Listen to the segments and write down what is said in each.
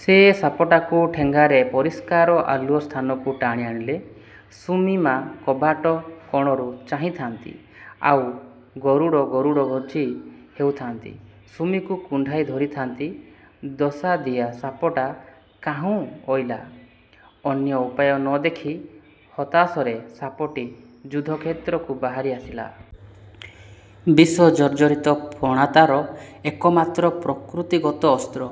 ସେ ସାପଟାକୁ ଠେଙ୍ଗାରେ ପରିଷ୍କାର ଆଲୁଅ ସ୍ଥାନକୁ ଟାଣି ଆଣିଲେ। ସୁମି ମା କବାଟ କଣରୁ ଚାହିଁଥାନ୍ତି, ଆଉ ଗରୁଡ଼ ଗରୁଡ଼ ଭଜି ହେଉଥାନ୍ତି। ସୁମିକୁ କୁଣ୍ଢାଇ ଧରିଥାନ୍ତି। ଦଶାଦିଆ ସାପଟା କାହୁଁ ଅଇଲା। ଅନ୍ୟ ଉପାୟ ନ ଦେଖି ହତାଶରେ ସାପଟି ଯୁଦ୍ଧକ୍ଷେତ୍ରକୁ ବାହାରି ଆସିଲା। ବିଷ ଜର୍ଜରିତ ଫଣା ତାର ଏକମାତ୍ର ପ୍ରକୃତିଗତ ଅସ୍ତ୍ର।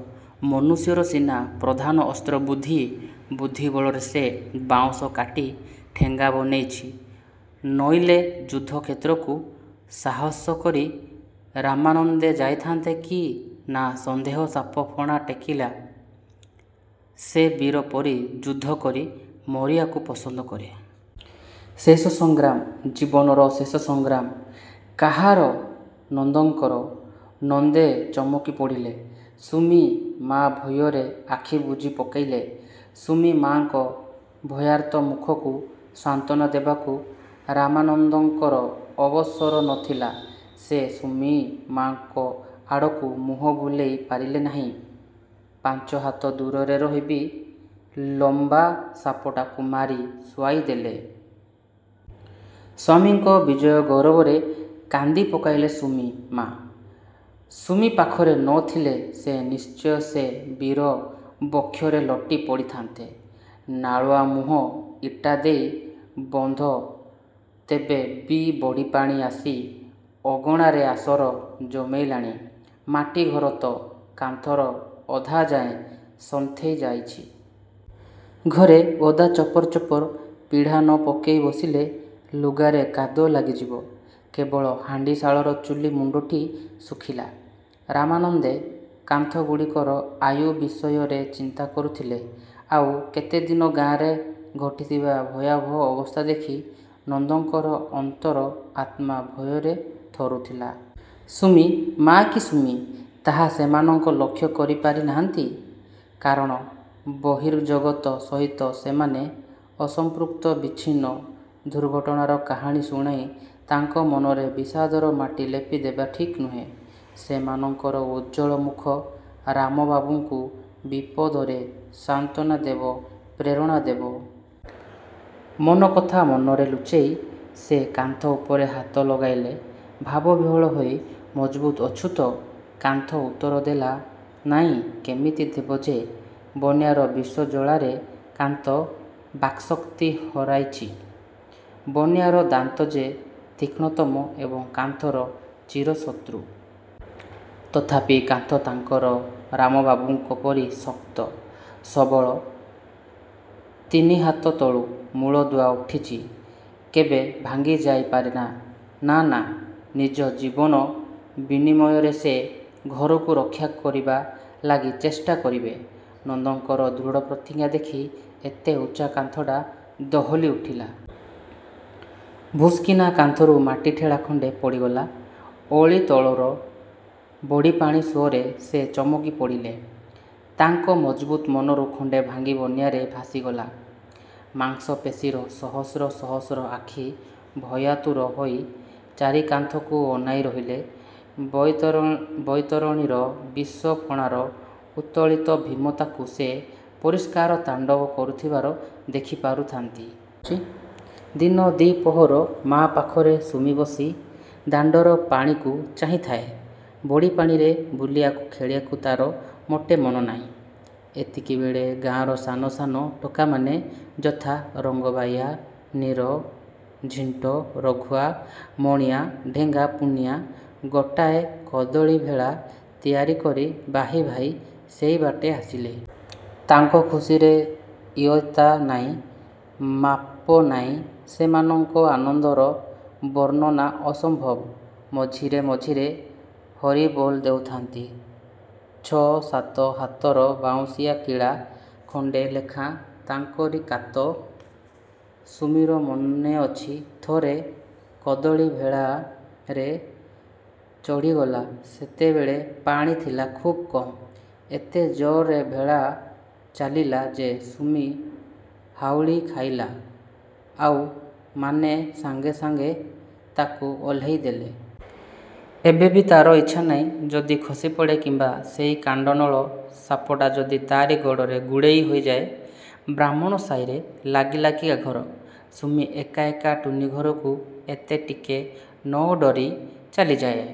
ମନୁଷ୍ୟର ସିନା ପ୍ରଧାନ ଅସ୍ତ୍ର ବୁଦ୍ଧି–ବୁଦ୍ଧି ବଳରେ ସେ ବାଉଁଶ କାଟି ଠେଙ୍ଗା ବନେଇଚି। ନଇଲେ ଯୁଦ୍ଧକ୍ଷେତ୍ରକୁ ସାହସ କରି ରାମାନନ୍ଦେ ଯାଇଥାନ୍ତେ କି ନା ସନ୍ଦେହ। ସାପ ଫଣା ଟେକିଲା। ସେ ବୀର ପରି ଯୁଦ୍ଧକରି ମରିବାକୁ ପସନ୍ଦ କରେ। ଶେଷ ସଂଗ୍ରାମ, ଜୀବନର ଶେଷ ସଂଗ୍ରାମ; କାହାର? ନନ୍ଦଙ୍କର? ନନ୍ଦେ ଚମକି ପଡ଼ିଲେ। ସୁମି ମା ଭୟରେ ଆଖି ବୁଜି ପକେଇଲେ। ସୁମି ମାଙ୍କ ଭୟାର୍ତ୍ତ ମୁଖକୁ ସାନ୍ତ୍ୱନା ଦେବାକୁ ରାମାନନ୍ଦଙ୍କର ଅବସର ନଥିଲା। ସେ ସୁମିମାଙ୍କ ଆଡ଼କୁ ମୁହଁ ବୁଲେଇ ପାରିଲେ ନାଇଁ। ପାଞ୍ଚହାତ ଦୂରରେ ରହି ବି ଲମ୍ବା ସାପଟାକୁ ମାରି ଶୁଆଇ ଦେଲେ। ସ୍ୱାମୀଙ୍କ ବିଜୟ ଗୌରବରେ କାନ୍ଦି ପକେଇଲେ ସୁମି ମା। ସୁମି ପାଖରେ ନଥିଲେ ସେ ନିଶ୍ଚୟ ସେଇ ବୀର ବକ୍ଷରେ ଲୋଟି ପଡ଼ିଥାନ୍ତେ। ନାଳୁଆମୁହଁ ଇଟା ଦେଇ ବନ୍ଦ। ତେବେ ବି ବଢ଼ିପାଣି ଆସି ଅଗଣାରେ ଆସର ଜମେଇଲାଣି। ମାଟି ଘର ତ। କାନ୍ଥର ଅଧାଯାଏଁ ସନ୍ତେଇ ଯାଇଚି। ଘରେ ଓଦା ଚପର ଚପର। ପିଢ଼ା ନ ପକେଇ ବସିଲେ ଲୁଗାରେ କାଦୁଅ ଲାଗିଯିବ। କେବଳ ହାଣ୍ଡିଶାଳର ଚୁଲି ମୁଣ୍ଡଟି ଶୁଖିଲା-। ରାମାନନ୍ଦେ କାନ୍ଥଗୁଡ଼ିକର ଆୟୁ ବିଷୟରେ ଚିନ୍ତା କରୁଥିଲେ। ଆଉ କେତେଦିନ। ଗାଁରେ ଘଟିଥିବା ଭୟାବହ ଅବସ୍ଥା ଦେଖି ନନ୍ଦଙ୍କର ଅନ୍ତର ଆତ୍ମା ଭୟରେ ଥରୁଥିଲା। ସୁମି ମା କି ସୁମି ତାହା ସେମାନଙ୍କ ଲକ୍ଷ୍ୟ କରିପାରି ନାହାନ୍ତି। କାରଣ ବହିର୍ଜଗତ ସହିତ ସେମାନେ ଅସଂପୃକ୍ତ, ବିଚ୍ଛିନ୍ନ। ଦୁର୍ଘଟଣାର କାହାଣୀ ଶୁଣାଇ ତାଙ୍କ ମନରେ ବିଷାଦର ମାଟି ଲେପି ଦେବା ଠିକ୍ ନୁହେଁ। ସେମାନଙ୍କର ଉଜ୍ଜ୍ୱଳ ମୁଖ ରାମବାବୁଙ୍କୁ ବିପଦରେ ସାନ୍ତ୍ୱନା ଦେବ, ପ୍ରେରଣା ଦେବ। ମନ କଥା ମନରେ ଲୁଚେଇ ସେ କାନ୍ଥ ଉପରେ ହାତ ଲଗାଇଲେ ଭାବ ବିହ୍ୱଳ ହୋଇ। ମଜବୁତ ଅଛୁ ତ? କାନ୍ଥ ଉତ୍ତର ଦେଲା ନାଇଁ। କେମିତି ଦେବ ଯେ? ବନ୍ୟାର ବିଷ ଜ୍ୱାଳାରେ କାନ୍ଥ ବାକ୍ଶକ୍ତି ହରାଇଚି; ବନ୍ୟାର ଦାନ୍ତ ଯେ ତୀକ୍ଷ୍ଣତମ ଏବଂ କାନ୍ଥର ଚିରଶତ୍ରୁ। ତଥାପି, କାନ୍ଥ ତାଙ୍କର ରାମବାବୁଙ୍କ ପରି ଶକ୍ତ, ସବଳ। ତିନିହାତ ତଳୁ ମୂଳଦୁଆ ଉଠିଛି–କେବେ ଭାଙ୍ଗି ଯାଇ ପାରେନା। ନା ନା। ନିଜ ଜୀବନ ବିନିମୟରେ ସେ ଘରକୁ ରକ୍ଷା କରିବା ଲାଗି ଚେଷ୍ଟା କରିବେ। ନନ୍ଦଙ୍କର ଦୃଢ଼ ପ୍ରତିଜ୍ଞା ଦେଖି ଏତେ ଉଚ୍ଚା କାନ୍ଥଟା ଦୋହଲି ଉଠିଲା। ଭୁସ୍କିନା କାନ୍ଥରୁ ମାଟି ଟେଳା ଖଣ୍ଡେ ପଡ଼ିଗଲା ଓଳି ତଳର ବଢ଼ିପାଣି ସୁଅରେ। ସେ ଚମକି ପଡ଼ିଲେ। ତାଙ୍କ ମଜ୍ବୁତ ମନରୁ ଖଣ୍ଡେ ଭାଙ୍ଗି ବନ୍ୟାରେ ଭାସିଗଲା। ମାଂସପେଶୀର ସହସ୍ର ସହସ୍ର ଆଖି ଭୟାତୁର ହୋଇ ଚାରିକାନ୍ଥକୁ ଅନାଇ ରହିଲେ। ବୈତରଣୀର ବିଷ ଫଣାର ଉତ୍ତୋଳିତ ଭୀମତାକୁ ସେ ପରିଷ୍କାର ତାଣ୍ଡବ କରୁଥିବାର ଦେଖିପାରୁଥାନ୍ତି। ଦିନ ଦି-ପହର। ମା' ପାଖରେ ସୁମି ବସି ଦାଣ୍ଡର ପାଣିକୁ ଚାହିଁଥାଏ। ବଢ଼ିପାଣିରେ ବୁଲିବାକୁ ଖେଳିବାକୁ ତାର ମୋଟେ ମନନାଇଁ। ଏତିକିବେଳେ ଗାଁର ସାନ, ସାନ ଟୋକାମାନେ ଯଥା–ରଙ୍କବାଇଆ, ନୀର, ଝିଣ୍ଟ, ରଘୁଆ ମଣିଆ, ଡେଙ୍ଗା, ପୁନିଆ ଗୋଟାଏ କଦଳୀ ଭେଳା ତିଆରି କରି ବାହି ବାହି ସେଇବାଟେ ଆସିଲେ। ତାଙ୍କ ଖୁସିରେ ଇୟତ୍ତା ନାଇଁ, ମାପନାଇଁ। ସେମାନଙ୍କ ଆନନ୍ଦର ବର୍ଣ୍ଣନା ଅସମ୍ଭବ। ମଝିରେ ମଝିରେ ହରିବୋଲ ଦେଉଥାନ୍ତି। ଛ-ସାତ ହାତର ବାଉଁଶ କିଳା ଖଣ୍ଡେ ଲେଖାଁ ତାଙ୍କରି କାତ। ସୁମିର ମନେଅଛି–ଥରେ କଦଳୀ ଭେଳାରେ ଚଢ଼ିଗଲା। ସେତେବେଳେ ପାଣି ଥିଲା ଖୁବ୍ କମ୍। ଏତେ ଜୋରରେ ଭେଳା ଚାଲିଲା ଯେ, ସୁମି ହାଉଳି ଖାଇଲା, ଆଉମାନେ ସାଙ୍ଗେ ସାଙ୍ଗେ ତାକୁ ଓହ୍ଲେଇ ଦେଲେ। ଏବେ ବି ତାର ଇଚ୍ଛା ନାହିଁ। ଯଦି ଖସିପଡ଼େ? କିମ୍ବା ସେଇ କାଣ୍ଡନଳ ସାପଟା ଯଦି ତାରି ଗୋଡ଼ରେ ଗୁଡ଼େଇ ହୋଇଯାଏ? ବ୍ରାହ୍ମଣ ସାଇରେ ଲାଗି-ଲାଗିକା ଘର। ସୁମି ଏକା ଏକା ଟୁନୀ ଘରକୁ ଏତେ ଟିକେ ନଡରି ଚାଲିଯାଏ।